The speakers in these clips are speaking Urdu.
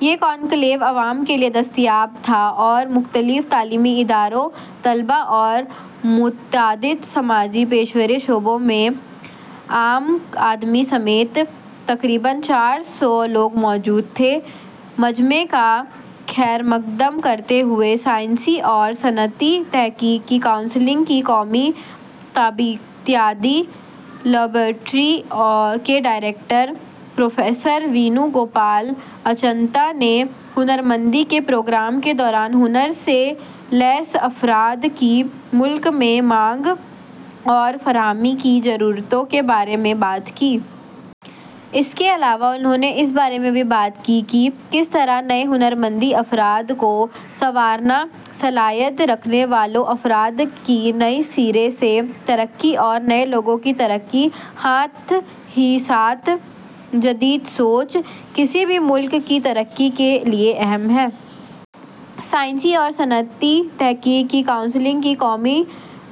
یہ کانکلیو عوام کے لیے دستیاب تھا اور مختلف تعلیمی اداروں، طلبا اور متعدد سماجی، پیشہ ور شعبوں سے عام آدمی سمیت تقریباً چار سو لوگ موجود تھے۔ مجمع کا خیر مقدم کرتے ہوئے سائنسی اور صنعتی تحقیق کی کونسل کی قومی طبیعیاتی لیبارٹری کے ڈائریکٹر پروفیسر وینو گوپال اچنتا نے ہنرمندی کے پروگرام کے دوران، ہنرمندی سے لیس افراد کی ملک میں مانگ اور فراہمی کی ضرورتوں کے بارے میں بات کی۔ اس کے علاوہ انہوں نے اس بارے میں بھی بات کی کہ کس طرح نئے ہنرمند افراد کو سنوارنے، صلاحیت مند افراد کی نئے سرے سے ترقی اور نئے لوگوں کی ترقی، ساتھ ہی ساتھ جدید سوچ، کسی بھی ملک کی ترقی کے لیے اہم ہے۔ سائنسی اور صنعتی تحقیق کی کونسل کی قومی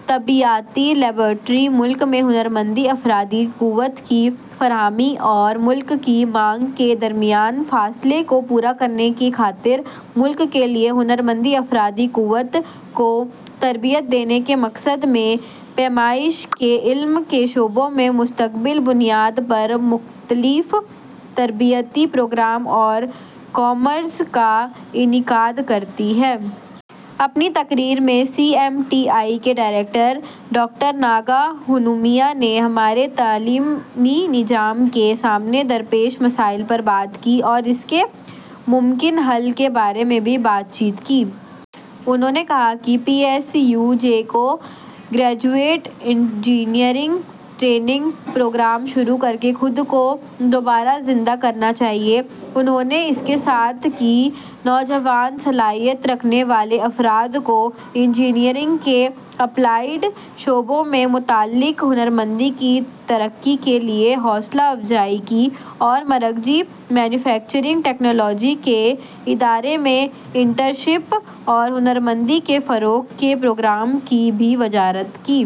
طبیعیاتی لیبارٹری ملک میں ہنرمند افرادی قوت کی فراہمی اور ملک کی مانگ کے درمیان فرق کو پُر کرنے کی خاطر ملک کے لیے ہنرمند افرادی قوت کو تربیت دینے کے مقصد سے پیمائش کے علم کے شعبے میں مستقل بنیاد پر مختلف تربیتی پروگراموں اور کورسز کا انعقاد کرتی ہے۔ اپنی تقریر میں سی ایم ٹی آئی کے ڈائریکٹر ڈاکٹر ناگا ہنومیا نے ہمارے تعلیمی نظام کے سامنے درپیش مسائل پر بات کی اور اس کے ممکنہ حل کے بارے میں بھی بات چیت کی۔ انہوں نے کہا کہ پی ایس یوز کو گریجویٹ انجینئرنگ ٹریننگ پروگرام شروع کرکے خود کو دوبارہ زندہ کرنا چاہیے۔ انہوں نے اس کے ساتھ ہی نوجوان صلاحیت مند افراد کو انجینئرنگ کے اپلائیڈ شعبے سے متعلق ہنرمندی کی ترقی کے لیے حوصلہ افزائی کی اور مرکزی مینوفیکچرنگ ٹیکنالوجی کے ادارے میں انٹرن شپ اور ہنرمندی کے فروغ کے پروگراموں کی بھی وضاحت کی۔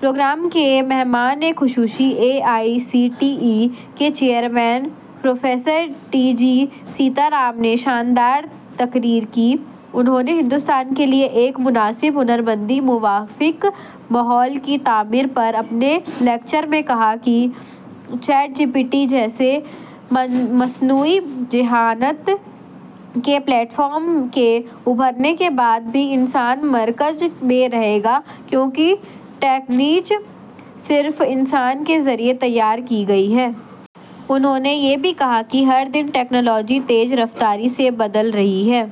پروگرام کے مہمان خصوصی A I C T E کے chairman professor T G Sitharam نے شاندار تقریر کی۔ انہوں نے ہندوستان کے لیے ایک مناسب ہنرمندی کے موافق ماحول کی تعمیر پر اپنے لیکچر میں کہا کہ چیٹ جی پی ٹی جیسے مصنوعی ذہانت کے پلیٹ فارموں کے ابھرنے کے بعد بھی انسان مرکز میں رہے گا، کیونکہ تکنیک صرف انسان کے ذریعے تیار کی گئی ہے۔ انہوں نے یہ بھی کہا کہ ہر دن ٹیکنالوجی تیز رفتاری سے بدل رہی ہے۔